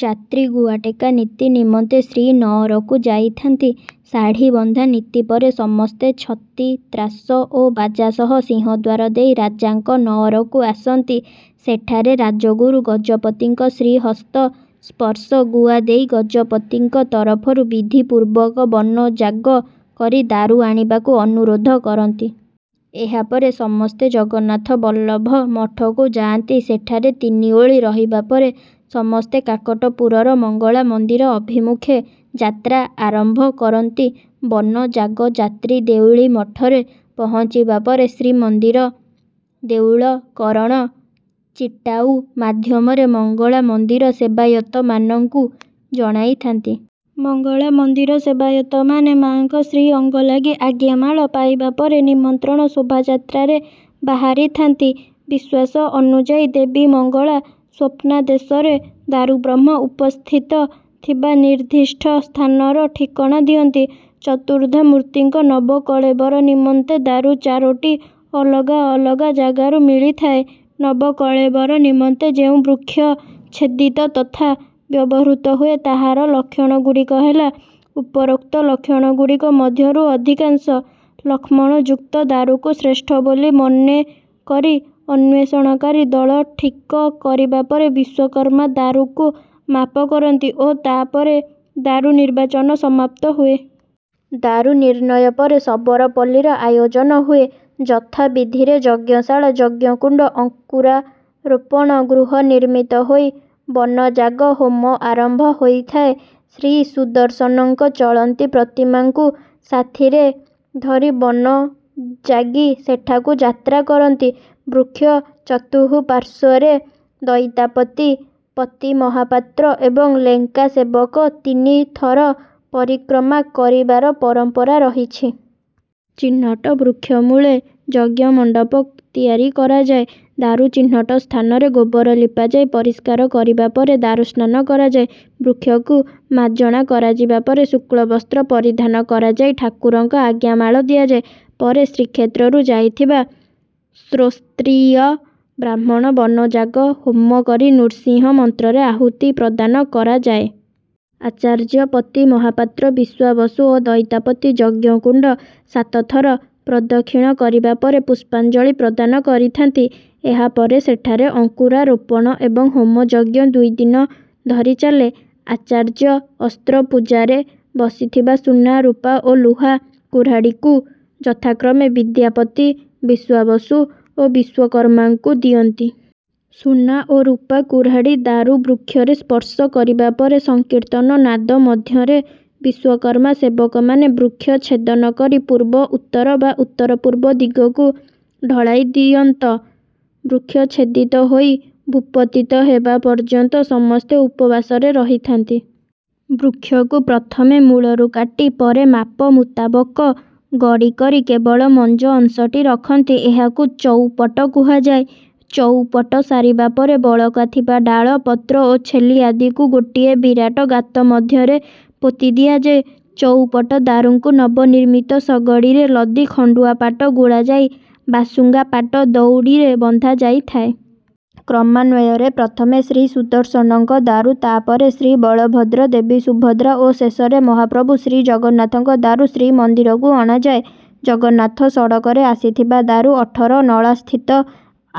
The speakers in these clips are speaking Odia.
ଯାତ୍ରୀ ଗୁଆଟେକା ନୀତି ନିମନ୍ତେ ଶ୍ରୀନଅରକୁ ଯାଇଥାନ୍ତି। ଶାଢ଼ୀବନ୍ଧା ନୀତି ପରେ ସମସ୍ତେ ଛତି, ତ୍ରାସ ଓ ବାଜା ସହ ସିଂହଦ୍ୱାର ଦେଇ ରାଜାଙ୍କ ନଅରକୁ ଆସନ୍ତି। ସେଠାରେ ରାଜଗୁରୁ ଗଜପତିଙ୍କ ଶ୍ରୀହସ୍ତ ସ୍ପର୍ଶ ଗୁଆ ଦେଇ ଗଜପତିଙ୍କ ତରଫରୁ ବିଧିପୂର୍ବକ ବନଯାଗ କରି ଦାରୁ ଆଣିବାକୁ ଅନୁରୋଧ କରନ୍ତି। ଏହା ପରେ ସମସ୍ତେ ଜଗନ୍ନାଥ ବଲ୍ଲଭ ମଠକୁ ଯାଆନ୍ତି, ସେଠାରେ ତିନି ଓଳି ରହିବା ପରେ ସମସ୍ତେ କାକଟପୁରର ମଙ୍ଗଳା ମନ୍ଦିର ଅଭିମୁଖେ ଯାତ୍ରା ଆରମ୍ଭ କରନ୍ତି। ବନଯାଗ ଯାତ୍ରୀ ଦେଉଳିମଠରେ ପହଞ୍ଚିବା ପରେ ଶ୍ରୀମନ୍ଦିର ଦେଉଳକରଣ ଚିଟାଉ ମାଧ୍ୟମରେ ମଙ୍ଗଳା ମନ୍ଦିର ସେବାୟତମାନଙ୍କୁ ଜଣାଇଥାନ୍ତି। ମଙ୍ଗଳା ମନ୍ଦିର ସେବାୟତମାନେ ମା'ଙ୍କ ଶ୍ରୀଅଙ୍ଗଲାଗି ଆଜ୍ଞାମାଳ ପାଇବାପରେ ନିମନ୍ତ୍ରଣ ଶୋଭାଯାତ୍ରାରେ ବାହାରିଥାନ୍ତି। ବିଶ୍ୱାସ ଅନୁଯାଇ ଦେବୀ ମଙ୍ଗଳା ସ୍ୱପ୍ନାଦେଶରେ ଦାରୁବ୍ରହ୍ମ ଉପସ୍ଥିତ ଥିବା ନିର୍ଦ୍ଧିଷ୍ଠ ସ୍ଥାନର ଠିକଣା ଦିଅନ୍ତି। ଚତୁର୍ଦ୍ଧାମୁର୍ତ୍ତୀଙ୍କ ନବକଳେବର ନିମନ୍ତେ ଦାରୁ ଚାରୋଟି ଅଲଗା ଅଲଗା ଜାଗାରୁ ମିଳିଥାଏ। ନବକଳେବର ନିମନ୍ତେ ଯେଉଁ ବୃକ୍ଷ ଛେଦିତ ତଥା ବ୍ୟବହୃତ ହୁଏ, ତାହାର ଲକ୍ଷଣ ଗୁଡ଼ିକ ହେଲା ଉପରୋକ୍ତ ଲକ୍ଷଣଗୁଡ଼ିକ ମଧ୍ୟରୁ ଅଧିକାଂଶ ଲକ୍ଷଣଯୁକ୍ତ ଦାରୁକୁ ଶ୍ରେଷ୍ଠ ବୋଲି ମନେ କରି ଅନ୍ୱେଷଣକାରୀ ଦଳ ଠିକ କରିବା ପରେ ବିଶ୍ୱକର୍ମା ଦାରୁକୁ ମାପ କରନ୍ତି ଓ ତାପରେ ଦାରୁ ନିର୍ବାଚନ ସମାପ୍ତ ହୁଏ। ଦାରୁ ନିର୍ଣ୍ଣୟ ପରେ ଶବର ପଲ୍ଲୀର ଆୟୋଜନ ହୁଏ। ଯଥାବିଧିରେ ଯଜ୍ଞଶାଳା, ଯଜ୍ଞକୁଣ୍ଡ, ଅଙ୍କୁରାରୋପଣ ଗୃହ ନିର୍ମିତ ହୋଇ ବନଯାଗ ହୋମ ଆରମ୍ଭ ହୋଇଥାଏ। ଶ୍ରୀସୁଦର୍ଶନଙ୍କ ଚଳନ୍ତି ପ୍ରତିମାଙ୍କୁ ସାଥିରେ ଧରି ବନଯାଗୀ ସେଠାକୁ ଯାତ୍ରା କରନ୍ତି। ବୃକ୍ଷ ଚତୁଃପାଶ୍ୱର୍ରେ ଦଇତାପତି, ପତିମହାପାତ୍ର ଏବଂ ଲେଙ୍କା ସେବକ ତିନିଥର ପରିକ୍ରମା କରିବାର ପରମ୍ପରା ରହିଛି। ଚିହ୍ନଟ ବୃକ୍ଷମୂଳେ ଯଜ୍ଞମଣ୍ଡପ ତିଆରି କରାଯାଏ। ଦାରୁ ଚିହ୍ନଟ ସ୍ଥାନରେ ଗୋବର ଲିପାଯାଇ ପରିସ୍କାର କରିବା ପରେ ଦାରୁ ସ୍ନାନ କରାଯାଏ। ବୃକ୍ଷକୁ ମାଜଣା କରାଯିବା ପରେ ଶୁକ୍ଳବସ୍ତ୍ର ପରିଧାନ କରାଯାଇ ଠାକୁରଙ୍କ ଆଜ୍ଞାମାଳ ଦିଆଯାଏ। ପରେ ଶ୍ରୀକ୍ଷେତ୍ରରୁ ଯାଇଥିବା ସ୍ରୋତ୍ରୀୟ ବ୍ରାହ୍ମଣ ବନଯାଗ ହୋମ କରି ନୃସିଂହ ମନ୍ତ୍ରରେ ଆହୂତି ପ୍ରଦାନ କରାଯାଏ। ଆଚାର୍ଯ୍ୟ, ପତିମହାପାତ୍ର, ବିଶ୍ୱାବସୁ ଓ ଦଇତାପତି ଯଜ୍ଞକୁଣ୍ଡ ସାତ ଥର ପ୍ରଦକ୍ଷିଣ କରିବା ପରେ ପୁଷ୍ପାଞ୍ଜଳି ପ୍ରଦାନ କରିଥାନ୍ତି। ଏହାପରେ ସେଠାରେ ଅଙ୍କୁରାରୋପଣ ଏବଂ ହୋମଯଜ୍ଞ ଦୁଇଦିନ ଧରି ଚାଲେ। ଆଚାର୍ଯ୍ୟ ଅସ୍ତ୍ରପୂଜାରେ ବସିଥିବା ସୁନା, ରୁପା ଓ ଲୁହା କୁରାଢ଼ୀକୁ ଯଥାକ୍ରମେ ବିଦ୍ୟାପତି, ବିଶ୍ୱାବସୁ ଓ ବିଶ୍ୱକର୍ମାଙ୍କୁ ଦିଅନ୍ତି। ସୁନା ଓ ରୁପା କୁରାଢ଼ୀ ଦାରୁ ବୃକ୍ଷରେ ସ୍ପର୍ଶ କରିବା ପରେ ସଂକୀର୍ତ୍ତନ ନାଦ ମଧ୍ୟରେ ବିଶ୍ୱକର୍ମା ସେବକମାନେ ବୃକ୍ଷ ଚ୍ଛେଦନ କରି ପୂର୍ବ, ଉତ୍ତର ବା ଉତ୍ତର-ପୂର୍ବ ଦିଗକୁ ଢଳାଇ ଦିଅନ୍ତ। ବୃକ୍ଷ ଛେଦିତ ହୋଇ ଭୂପତିତ ହେବା ପର୍ଯନ୍ତ ସମସ୍ତେ ଉପବାସରେ ରହିଥାନ୍ତି। ବୃକ୍ଷକୁ ପ୍ରଥମେ ମୂଳରୁ କାଟି ପରେ ମାପ ମୁତାବକ ଗଡ଼ି କରି କେବଳ ମଞ୍ଜ ଅଂଶଟି ରଖନ୍ତି। ଏହାକୁ ଚଉପଟ କୁହାଯାଏ। ଚଉପଟ ସରିବା ପରେ ବଳକା ଥିବା ଡାଳ, ପତ୍ର ଓ ଛେଲି ଆଦିକୁ ଗୋଟିଏ ବିରାଟ ଗାତ ମଧ୍ୟରେ ପୋତି ଦିଆଯାଏ। ଚଉପଟ ଦାରୁଙ୍କୁ ନବନିର୍ମିତ ଶଗଡ଼ିରେ ଲଦି ଖଣ୍ଡୁଆ ପାଟ ଗୁଡ଼ାଯାଇ ବାସୁଙ୍ଗା ପାଟ ଦଉଡ଼ିରେ ବନ୍ଧାଯାଇଥାଏ। କ୍ରମାନ୍ୱୟରେ ପ୍ରଥମେ ଶ୍ରୀସୁଦର୍ଶନଙ୍କ ଦାରୁ ତାପରେ ଶ୍ରୀବଳଭଦ୍ର, ଦେବୀ ସୁଭଦ୍ରା ଓ ଶେଷରେ ମହାପ୍ରଭୁ ଶ୍ରୀଜଗନ୍ନାଥଙ୍କ ଦାରୁ ଶ୍ରୀମନ୍ଦିରକୁ ଅଣାଯାଏ। ଜଗନ୍ନାଥ ସଡ଼କରେ ଆସିଥିବା ଦାରୁ ଅଠରନଳାସ୍ଥିତ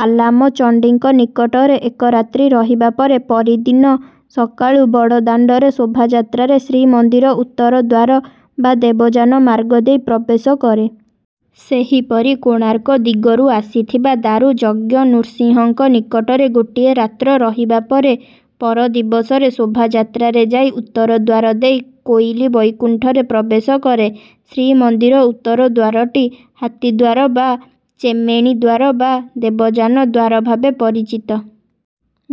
ଆଲାମଚଣ୍ଡିଙ୍କ ନିକଟରେ ଏକ ରାତ୍ରି ରହିବା ପରେ ପରିଦିନ ସକାଳୁ ବଡ଼ଦାଣ୍ଡରେ ଶୋଭାଯାତ୍ରାରେ ଶ୍ରୀମନ୍ଦିର ଉତ୍ତର ଦ୍ୱାର ବା ଦେବଯାନ ମାର୍ଗ ଦେଇ ପ୍ରବେଶ କରେ। ସେହିପରି କୋଣାର୍କ ଦିଗରୁ ଆସିଥିବା ଦାରୁ ଯଜ୍ଞନୃସିଂହଙ୍କ ନିକଟରେ ଗୋଟିଏ ରାତ୍ର ରହିବା ପରେ ପର ଦିବସରେ ଶୋଭାଯାତ୍ରାରେ ଯାଇ ଉତ୍ତର ଦ୍ୱାର ଦେଇ କୋଇଲି ବୈକୁଣ୍ଠରେ ପ୍ରବେଶ କରେ। ଶ୍ରୀମନ୍ଦିର ଉତ୍ତରଦ୍ୱାରଟି ହାତୀଦ୍ୱାର ବା ଚେମେଣୀ ଦ୍ୱାର ବା ଦେବଯାନ ଦ୍ୱାର ଭାବେ ପରିଚିତ।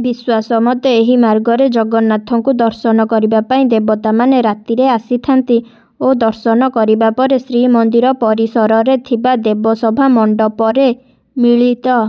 ବିଶ୍ୱାସମତେ ଏହି ମାର୍ଗରେ ଜଗନ୍ନାଥଙ୍କୁ ଦର୍ଶନ କରିବା ପାଇଁ ଦେବତାମାନେ ରାତିରେ ଆସିଥାନ୍ତି ଓ ଦର୍ଶନ କରିବା ପରେ ଶ୍ରୀମନ୍ଦିର ପରିସରରେ ଥିବା ଦେବସଭା ମଣ୍ଡପରେ ମିଳିତ